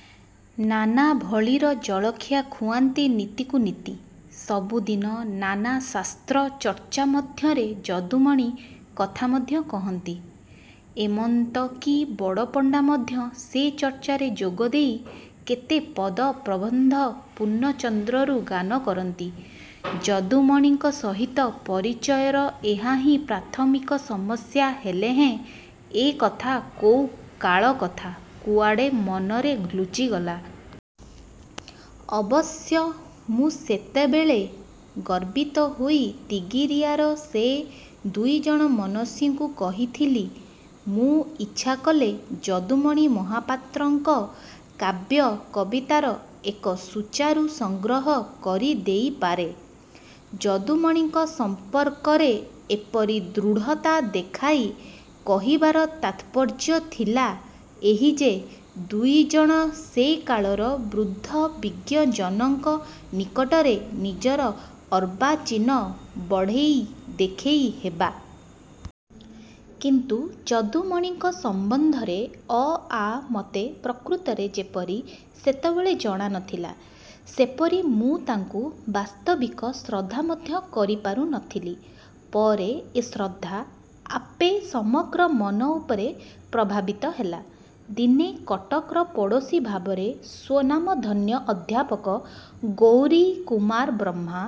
' ନାନା ଭଳିର ଜଳଖିଆ ଖୁଆନ୍ତି ନିତିକୁ ନିତି। ସବୁଦିନ ନାନା ଶାସ୍ତ୍ରଚର୍ଚ୍ଚା ମଧ୍ୟରେ ଯଦୁମଣି କଥା ମଧ୍ୟ କହନ୍ତି। ଏମନ୍ତ କି ବଡ଼ପଣ୍ଡା ମଧ୍ୟ ସେ ଚର୍ଚ୍ଚାରେ ଯୋଗଦେଇ କେତେ ପଦ ପ୍ରବନ୍ଧ ପୂର୍ଣ୍ଣଚନ୍ଦ୍ରରୁ ଗାନ କରନ୍ତି। ଯଦୁମଣିଙ୍କ ସହିତ ପରିଚୟର ଏହା ହିଁ ପ୍ରାଥମିକ ସମସ୍ୟା ହେଲେହେଁ- ଏ କଥା କୋଉ କାଳ କଥା, କୁଆଡ଼େ ମନରେ ଲୁଚିଗଲା। ଅବଶ୍ୟ ମୁଁ ସେତେବେଳେ ଗର୍ବିତ ହୋଇ ତିଗିରିଆର ସେ ଦୁଇ ଜଣ ମନସ୍ୱୀଙ୍କୁ କହିଥିଲି-ମୁଁ ଇଚ୍ଛାକଲେ ଯଦୁମଣି ମହାପାତ୍ରଙ୍କ କାବ୍ୟ କବିତାର ଏକ ସୁଚାରୁ ସଂଗ୍ରହ କରି ଦେଇପାରେ। ଯଦୁମଣିଙ୍କ ସଂପର୍କରେ ଏପରି ଦୃଢ଼ତା ଦେଖାଇ କହିବାର ତାତ୍ପର୍ଯ୍ୟ ଥିଲା ଏହି ଯେ-ଦୁଇ ଜଣ ସେ କାଳର ବୃଦ୍ଧ ବିଜ୍ଞଜନଙ୍କ ନିକଟରେ ନିଜର ଅର୍ବାଚୀନ ବଡ଼େଇ ଦେଖେଇହେବା। କିନ୍ତୁ ଯଦୁମଣିଙ୍କ ସମ୍ବନ୍ଧରେ ଅ' ଆ' ମୋତେ ପ୍ରକୃତରେ ଯେପରି ସେତେବେଳେ ଜଣା ନ ଥିଲା, ସେପରି ମୁଁ ତାଙ୍କୁ ବାସ୍ତବିକ ଶ୍ରଦ୍ଧା ମଧ୍ୟ କରିପାରୁ ନ ଥିଲି। ପରେ ଏ ଶ୍ରଦ୍ଧା ଆପେ ସମଗ୍ର ମନ ଉପରେ ପ୍ରଭାବିତ ହେଲା। ଦିନେ କଟକର ପଡ଼ୋଶୀ ଭାବରେ ସ୍ୱନାମଧନ୍ୟ ଅଧ୍ୟାପକ ଗୌରୀକୁମାର ବ୍ରହ୍ମା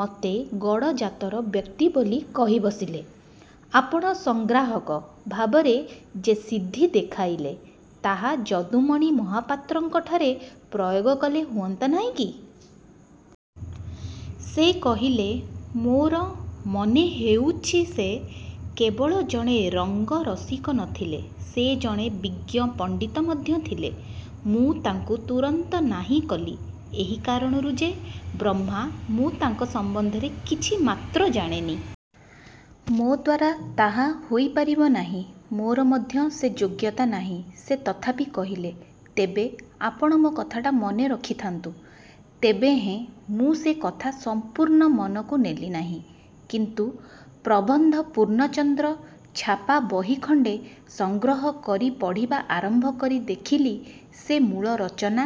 ମତେ ଗଡ଼ଜାତର ବ୍ୟକ୍ତି ବୋଲି କହି ବସିଲେ-'ଆପଣ ସଂଗ୍ରାହକ ଭାବରେ ଯେ ସିଦ୍ଧି ଦେଖାଇଲେ, ତାହା ଯଦୁମଣି ମହାପାତ୍ରଙ୍କଠାରେ ପ୍ରୟୋଗ କଲେ ହୁଅନ୍ତା ନାହିଁ କି? ' ସେ କହିଲେ-'ମୋର ମନେ ହେଉଛି ସେ କେବଳ ଜଣେ ରଙ୍ଗରସିକ ନ ଥିଲେ, ସେ ଜଣେ ବିଜ୍ଞ ପଣ୍ଡିତ ମଧ୍ୟ ଥିଲେ। ' ମୁଁ ତାଙ୍କୁ ତୁରନ୍ତ ନାହିଁ କଲି ଏହି କାରଣରୁ ଯେ- 'ବ୍ରହ୍ମା, ମୁଁ ତାଙ୍କ ସମ୍ବନ୍ଧରେ କିଛି ମାତ୍ର ଜାଣେନି। ମୋଦ୍ୱାରା ତାହା ହୋଇପାରିବ ନାହିଁ। ମୋର ମଧ୍ୟ ସେ ଯୋଗ୍ୟତା ନାହିଁ। ' ସେ ତଥାପି କହିଲେ-'ତେବେ ଆପଣ ମୋ କଥାଟା ମନେ ରଖିଥାନ୍ତୁ। ' ତେବେହେଁ ମୁଁ ସେ କଥା ସଂପୂର୍ଣ୍ଣ ମନକୁ ନେଲି ନାହିଁ। କିନ୍ତୁ ''ପ୍ରବନ୍ଧ ପୂର୍ଣ୍ଣଚନ୍ଦ୍ର" ଛାପା ବହି ଖଣ୍ଡେ ସଂଗ୍ରହ କରି ପଢ଼ିବା ଆରମ୍ଭ କରି ଦେଖିଲି ସେ ମୂଳ ରଚନା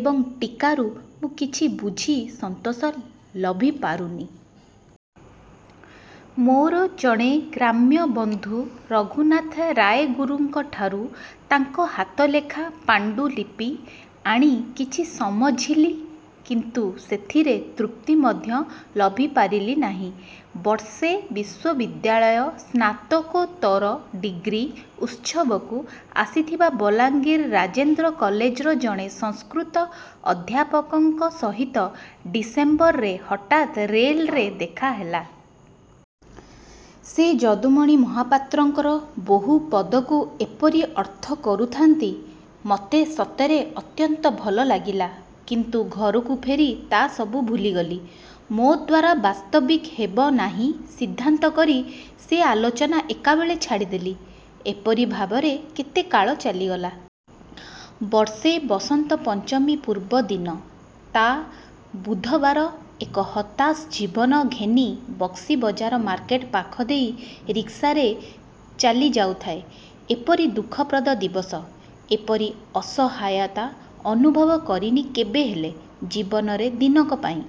ଏବଂ ଟୀକାରୁ ମୁଁ କିଛି ବୁଝି ସନ୍ତୋଷ ଲଭି ପାରୁନି। ମୋର ଜଣେ ଗ୍ରାମ୍ୟ ବନ୍ଧୁ ରଘୁନାଥ ରାୟଗୁରୁଙ୍କଠାରୁ ତାଙ୍କ ହାତଲେଖା ପାଣ୍ଡୁଲିପି ଆଣି କିଛି ସମଝିଲି, କିନ୍ତୁ ସେଥିରେ ତୃପ୍ତି ମଧ୍ୟ ଲଭିପାରିଲି ନାହିଁ। ବର୍ଷେ ବିଶ୍ୱବିଦ୍ୟାଳୟ ସ୍ନାତକୋତ୍ତର ଡ଼ିଗ୍ରୀ ଉତ୍ସବକୁ ଆସିଥିବା ବଲାଙ୍ଗିର ରାଜେନ୍ଦ୍ର କଲେଜର ଜଣେ ସଂସ୍କୃତ ଅଧ୍ୟାପକଙ୍କ ସହିତ ଡିସେମ୍ବର ରେ ହଠାତ୍ ରେଲରେ ଦେଖାହେଲା। ସେ ଯଦୁମଣି ମହାପାତ୍ରଙ୍କର ବହୁ ପଦକୁ ଏପରି ଅର୍ଥ କରୁଥାନ୍ତି, ମତେ ସତରେ ଅତ୍ୟନ୍ତ ଭଲ ଲାଗିଲା-। କିନ୍ତୁ ଘରକୁ ଫେରି ତା' ସବୁ ଭୁଲିଗଲି। ମୋଦ୍ୱାରା ବାସ୍ତବିକ୍ ହେବ ନାହିଁ ସିଦ୍ଧାନ୍ତ କରି ସେ ଆଲୋଚନା ଏକାବେଳେ ଛାଡିଦେଲି। ଏପରି ଭାବରେ କେତେକାଳ ଚାଲିକଲା। ବର୍ଷେ ବସନ୍ତ ପଞ୍ଚମୀ ପୂର୍ବଦିନ ତା −− ବୁଧବାର ଏକ ହତାଶ ଜୀବନ ଘେନି ବକ୍ସିବଜାର ମାର୍କେଟ ପାଖ ଦେଇ ରିକ୍ସାରେ ଚାଲିଯାଉଥାଏ। ଏପରି ଦୁଃଖପ୍ରଦ ଦିବସ, ଏପରି ଅସହାୟତା ଅନୁଭବ କରିନି କେବେହେଲେ ଜୀବନରେ ଦିନକ ପାଇଁ।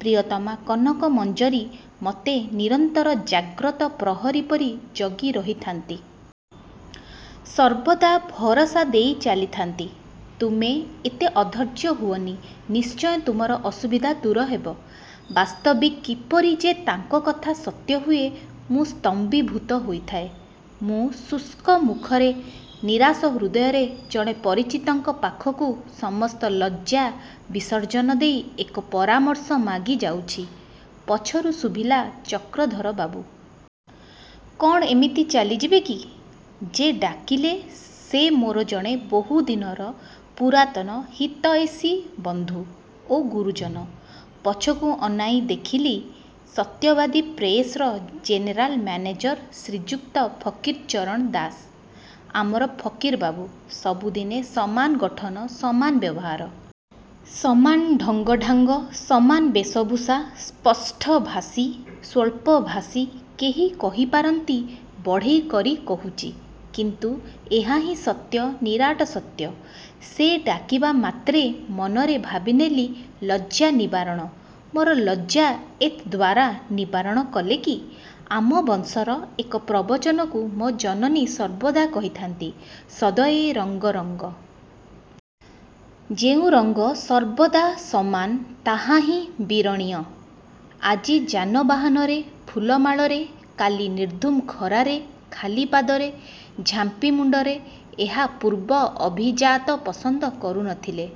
ପ୍ରିୟତମା କନକ ମଞ୍ଜରୀ ମୋତେ ନିରନ୍ତର ଜାଗ୍ରତ ପ୍ରହରୀ ପରି ଜଗି ରହିଥାନ୍ତି। ସର୍ବଦା ଭରସା ଦେଇ ଚାଲିଥାନ୍ତି-'ତୁମେ ଏତେ ଅଧୈର୍ଯ୍ୟ ହୁଅନି, ନିଶ୍ଚୟ ତୁମର ଅସୁବିଧା ଦୂର ହେବ। ' ବାସ୍ତବିକ କିପରି ଯେ ତାଙ୍କ କଥା ସତ୍ୟ ହୁଏ, ମୁଁ ସ୍ତମ୍ଭୀଭୁତ ହୋଇଥାଏ। ମୁଁ ଶୁଷ୍କ ମୁଖରେ ନିରାଶ ହୃଦୟରେ ଜଣେ ପରିଚିତଙ୍କ ପାଖକୁ ସମସ୍ତ ଲଜ୍ଜା ବିସର୍ଜନ ଦେଇ ଏକ ପରାମର୍ଶ ମାଗି ଯାଉଛି, ପଛରୁ ଶୁଭିଲା- 'ଚକ୍ରଧର ବାବୁ। କ'ଣ ଏମିତି ଚାଲିଯିବେ କି? ' -ଯେ ଡାକିଲେ ସେ ମୋର ଜଣେ ବହୁଦିନର ପୁରାତନ ହିତୈଷୀ ବନ୍ଧୁ ଓ ଗୁରୁଜନ। ପଛକୁ ଅନାଇଁ ଦେଖିଲି ସତ୍ୟବାଦୀ ପ୍ରେସର ଜେନେରାଲ ମ୍ୟାନେଜର ଶ୍ରୀଯୁକ୍ତ ଫକୀରଚରଣ ଦାସ। ଆମର ଫକୀର ବାବୁ। ସବୁଦିନେ ସମାନ ଗଠନ। ସମାନ ବ୍ୟବହାର। ସମାନ ଢଙ୍ଗଢ଼ାଙ୍ଗ। ସମାନ ବେଶଭୂଷା। ସ୍ପଷ୍ଟଭାଷୀ। ସ୍ୱଳ୍ପଭାଷୀ। କେହି କହିପାରନ୍ତି ବଢ଼େଇ କରି କହୁଛି। କିନ୍ତୁ ଏହା ହିଁ ସତ୍ୟ-ନିରାଟ ସତ୍ୟ। ସେ ଡାକିବା ମାତ୍ରେ ମନରେ ଭାବିନେଲି 'ଲଜ୍ଜା−ନିବାରଣ' ମୋର ଲଜ୍ଜା ଏତଦ୍ଦ୍ୱାରା ନିବାରଣ କଲେ କି-? ଆମ ବଂଶର ଏକ ପ୍ରବଚନକୁ ମୋ ଜନନୀ ସର୍ବଦା କହିଥାନ୍ତି-'ସଦୈ ରଙ୍ଗ ରଙ୍ଗ। ' ଯେଉଁ ରଙ୍ଗ ସର୍ବଦା ସମାନ ତାହା ହିଁ ବିରଣୀୟ। ଆଜି ଯାନବାହନରେ ଫୁଲମାଳରେ, କାଲି ନିର୍ଧୂମ ଖରାରେ ଖାଲି ପାଦରେ ଝାମ୍ପି ମୁଣ୍ଡରେ, ଏହା ପୂର୍ବ ଅଭିଜାତ ପସନ୍ଦ କରୁ ନ ଥିଲେ।